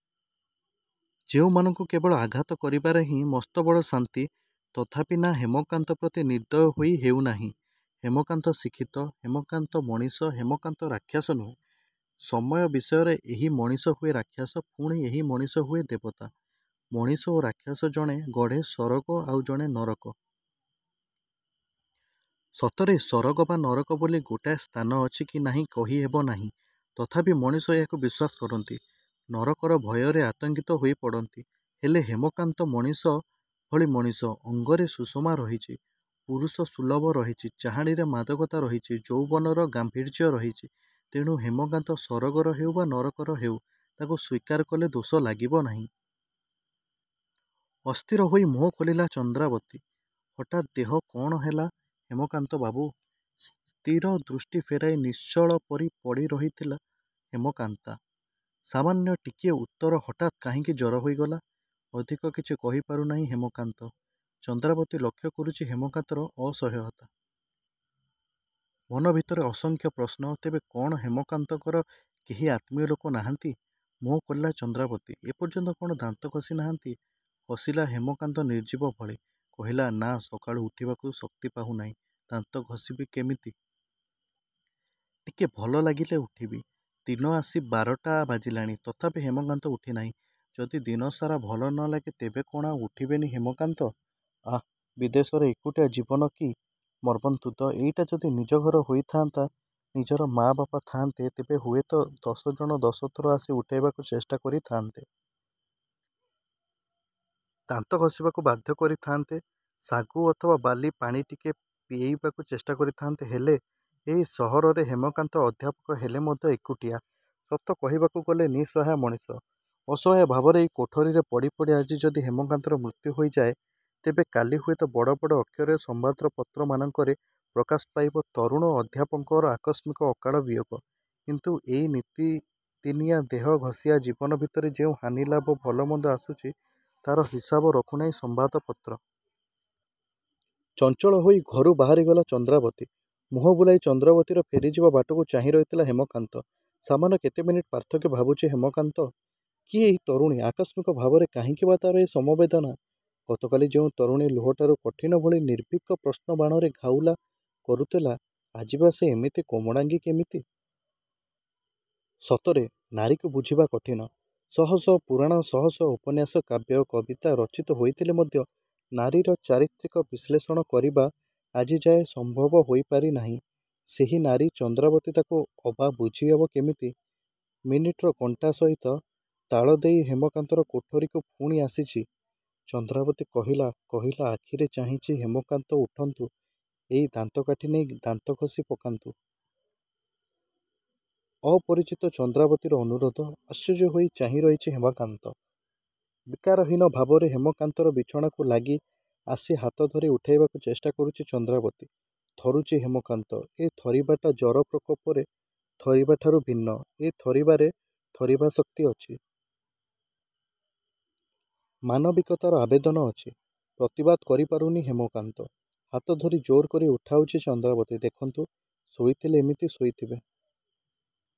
ଯେଉଁମାନଙ୍କୁ କେବଳ ଆଘାତ କରିବାରେ ହିଁ ମସ୍ତବଡ଼ ଶାନ୍ତି, ତଥାପି ନାଁ ହେମକାନ୍ତ ପ୍ରତି ନିର୍ଦୟ ହୋଇ ହେଉନାହିଁ। ହେମକାନ୍ତ ଶିକ୍ଷିତ, ହେମକାନ୍ତ ମଣିଷ, ହେମକାନ୍ତ ରାକ୍ଷସ ନୁହେଁ। ସମୟ ବିଶେଷରେଏଇ ମଣିଷ ହୁଏ ରାକ୍ଷସ, ପୁଣି ଏଇ ମଣିଷ ହୁଏ ଦେବତା। ମଣିଷ ଓ ରାକ୍ଷସ ଜଣେ ଗଢ଼େ ସରଗ ଆଉ ଜଣେ ନରକ। ସତରେ ସରଗ ବା ନରକ ବୋଲି ଗୋଟାଏ ସ୍ଥାନ ଅଛି କି ନାହିଁ କହି ହେବନାହିଁ। ତଥାପି ମଣିଷ ଏହାକୁ ବିଶ୍ୱାସ କରନ୍ତି। ନରକର ଭୟରେ ଆତଙ୍କିତ ହୋଇ ପଡ଼ନ୍ତି। ହେଲେ ହେମକାନ୍ତ ମଣିଷ ଭଳି ମଣିଷ, ଅଙ୍ଗରେ ସୁଷମା ରହିଛି, ପୁରୁଷ ସୁଲଭ ରହିଛି, ଚାହାଣୀରେ ମାଦକତା ରହିଛି, ଯୌବନର ଗାମ୍ଭୀର୍ଯ୍ୟ ରିହିଛି, ତେଣୁ ହେମକାନ୍ତ ସରଗର ହେଉ ବା ନରକର ହେଉ ତାକୁ ସ୍ୱୀକାର କଲେ ଦୋଷ ଲାଗିବ ନାହିଁ। ଅସ୍ଥିର ହୋଇ ମୁହଁ ଖୋଲିଲା ଚନ୍ଦ୍ରାବତୀ, ହଠାତ୍ ଦେହ କ'ଣ ହେଲା ହେମକାନ୍ତ ବାବୁ? ସ୍ଥିର ଦୃଷ୍ଟି ଫେରାଇ ନିଶ୍ଚଳ ପରି ପଡ଼ି ରହିଥିଲ ହେମକାନ୍ତ ।ସାମାନ୍ୟ ଟିକିଏ ଉତ୍ତର ହଠାତ୍ କାହିଁକି ଜର ହୋଇଗଲା । ଅଧିକ କିଛି କହିପାରୁ ନାହିଁ ହେମକାନ୍ତ। ଚନ୍ଦ୍ରାବତୀ ଲକ୍ଷ୍ୟ କରୁଛି ହେମକାନ୍ତର ଅସହାୟତା। ମନଭିତରେ ଅସଂଖ୍ୟ ପ୍ରଶ୍ନ, ତେବେ କ'ଣ ହେମାକନ୍ତଙ୍କର କେହି ଆତ୍ମୀୟ ଲୋକ ନାହାନ୍ତି? ମୁହଁ ଖୋଲିଲା ଚନ୍ଦ୍ରାବତୀ ଏ ପର୍ଯ୍ୟନ୍ତ କ'ଣ ଦାନ୍ତ ଘଷି ନାହାଁନ୍ତି? ହସିଲା ହେମକାନ୍ତ ନିର୍ଜୀବ ଭଳି। କହିଲା ନାଁ ସକାଳୁ ଉଠିବାକୁ ଶକ୍ତି ପାଉନାହିଁ। ଦାନ୍ତ ଘଷିବା କେମିତି? ଟିକେ ଭଲ ଲାଗିଲେ ଉଠିବି। ଦିନ ଆସି ବାରଟା ବାଜିଲାଣି, ତଥାପି ହେମକାନ୍ତ ଉଠିନାହିଁ। ଯଦି ଦିନସାରା ଭଲ ନ ଲାଗେ, ତେବେ କଣ ଆଉ ଉଠିବେନି ହେମକାନ୍ତ? ଆହା! ବିଦେଶରେ ଏକୁଟିଆ ଜୀବନ କି ମର୍ମନ୍ତୁଦ। ଏଇଟା ଯଦି ନିଜ ଘର ହୋଇ ଥାଆନ୍ତା, ନିଜର ମାଆ ବାପା ଥାଆନ୍ତେ, ତେବେ ହୁଏତ ଦଶ ଜଣ ଦଶ ଥର ଆସି ଉଠାଇବାକୁ ଚେଷ୍ଟା କରି ଥାଆନ୍ତେ। ଦାନ୍ତ ଘଷିବାକୁ ବାଧ୍ୟ କରି ଥାଆନ୍ତେ, ସାଗୁ ଅଥବା ବାଲି ପାଣି ଟିକେ ପେଇବାକୁ ଚେଷ୍ଟା କରି ଥାଆନ୍ତେ, ହେଲେ ଏଇ ସହରରେ ହେମକାନ୍ତ ଅଧ୍ୟାପକ ହେଲେ ମଧ୍ୟ ଏକୁଟିଆ। ସତ କହିବାକୁ ଗଲେ ନିଃସହାୟ ମଣିଷ। ଅସହାୟ ଭାବରେ ଏଇ କୋଠରୀରେ ପଡ଼ି ପଡ଼ି ଆଜି ଯଦି ହେମକାନ୍ତର ମୃତ୍ୟୁ ହୋଇଯାଏ, ତେବେ କାଲି ହୁଏତ ବଡ଼ ବଡ଼ ଅକ୍ଷରରେ ସମ୍ବାଦପତ୍ରମାନଙ୍କରେ ପ୍ରକାଶ ପାଇବ ତରୁଣ ଅଧ୍ୟାପକଙ୍କର ଆକସ୍ମିକ ଅକାଳ ବିୟୋଗ କିନ୍ତୁ ଏଇ ନିତିଦିନିଆ ଦେହ ଘଷିଆ ଜୀବନ ଭିତରେ ଯେଉଁ ହାନି ଲାଭ, ଭଲ ମନ୍ଦ ଆସୁଛି ତା'ର ହିସାବ ରଖୁନାହିଁ ସମ୍ବାଦପତ୍ର। ଚଞ୍ଚଳ ହୋଇ ଘରୁ ବାହାରିଗଲା ଚନ୍ଦ୍ରାବତୀ। ମୁହଁ ବୁଲାଇ ଚନ୍ଦ୍ରାବତୀର ଫେରିଯିବା ବାଟକୁ ଚାହିଁ ରହିଥିଲା ହେମକାନ୍ତ ସାମାନ୍ୟ କେତେ ମିନିଟ୍ର ପାର୍ଥକ୍ୟ ଭାବୁଛି ହେମକାନ୍ତ। କିଏ ଏଇ ତରୁଣୀ? ଆକସ୍ମିକ ଭାବରେ କାହିଁକି ବା ତା'ର ଏ ସମବେଦନା? ଗତି କାଲି ଯେଉଁ ତରୁଣୀ ଲୁହାଠାରୁ କଠିନ ଭଳି ନିର୍ଭିକ ପ୍ରଶ୍ନବାଣରେ ଘାଉଲା କରୁଥିଲା, ଆଜି ବା ସେ ଏମିତି କୋମଳାଙ୍ଗୀ କେମିତି? ସତରେ, ନାରୀକୁ ବୁଝିବା କଠିନ୍। ଶହ ଶହ ପୁରାଣ, ଶହ ଶହ ଉପନ୍ୟାସ, କାବ୍ୟ, କବିତା, ରଚିତ ହୋଇଥିଲେ ମଧ୍ୟ ନାରୀର ଚାରିତ୍ରିକ ବିଶ୍ଳେଷଣ କରିବା ଆଜିଯାଏ ସମ୍ଭବ ହୋଇ ପାରିନାହିଁ। ସେହି ନାରୀ ଚନ୍ଦ୍ରାବତୀ ତାକୁ ଅବା ବୁଝି ହେବ କେମିତି? ମିନିଟ୍ର କଣ୍ଟା ସହିତ ତାଳ ଦେଇ ହେମକାନ୍ତର କୋଠରୀକୁ ପୁଣି ଆସିଛି ,ଚନ୍ଦ୍ରାବତୀ କହିଲା କହିଲା ଆଖିରେ ଚାହିଁଛି ହେମକାନ୍ତ ଉଠନ୍ତୁ, ଏଇ ଦାନ୍ତକାଠି ନେଇ ଦାନ୍ତ ଘଷି ପକାନ୍ତୁ। '' ଅପରିଚିତ ଚନ୍ଦ୍ରାବତୀର ଅନୁରୋଧ। ଆଶ୍ଚର୍ଯ୍ୟ ହୋଇ ଚାହିଁରହିଛି ହେମକାନ୍ତ। ବିକାରହୀନ ଭାବରେ ହେମକାନ୍ତର ବିଛଣାକୁ ଲାଗି ଆସି ହାତ ଧରି ଉଠାଇବାକୁ ଚେଷ୍ଟା କରୁଛି ଚନ୍ଦ୍ରାବତୀ। ଥରୁଛି ହେମକାନ୍ତ। ଏ ଥରିବାଟା ଜର ପ୍ରକୋପରେ ଥରିବା ଠାରୁ ଭିନ୍ନ। ଏ ଥରିବାରେ ଥରିବା ଶକ୍ତି ଅଛି। ମାନବିକତାର ଆବେଦନ ଅଛି। ପ୍ରତିବାଦ କରି ପାରୁନି ହେମକାନ୍ତ। ହାତ ଧରି ଜୋରକରି ଉଠାଉଛି ଚନ୍ଦ୍ରାବତୀ। ଦେଖନ୍ତୁ, ଶୋଇଥିଲେ ଏମିତି ଶୋଇଥିବେ।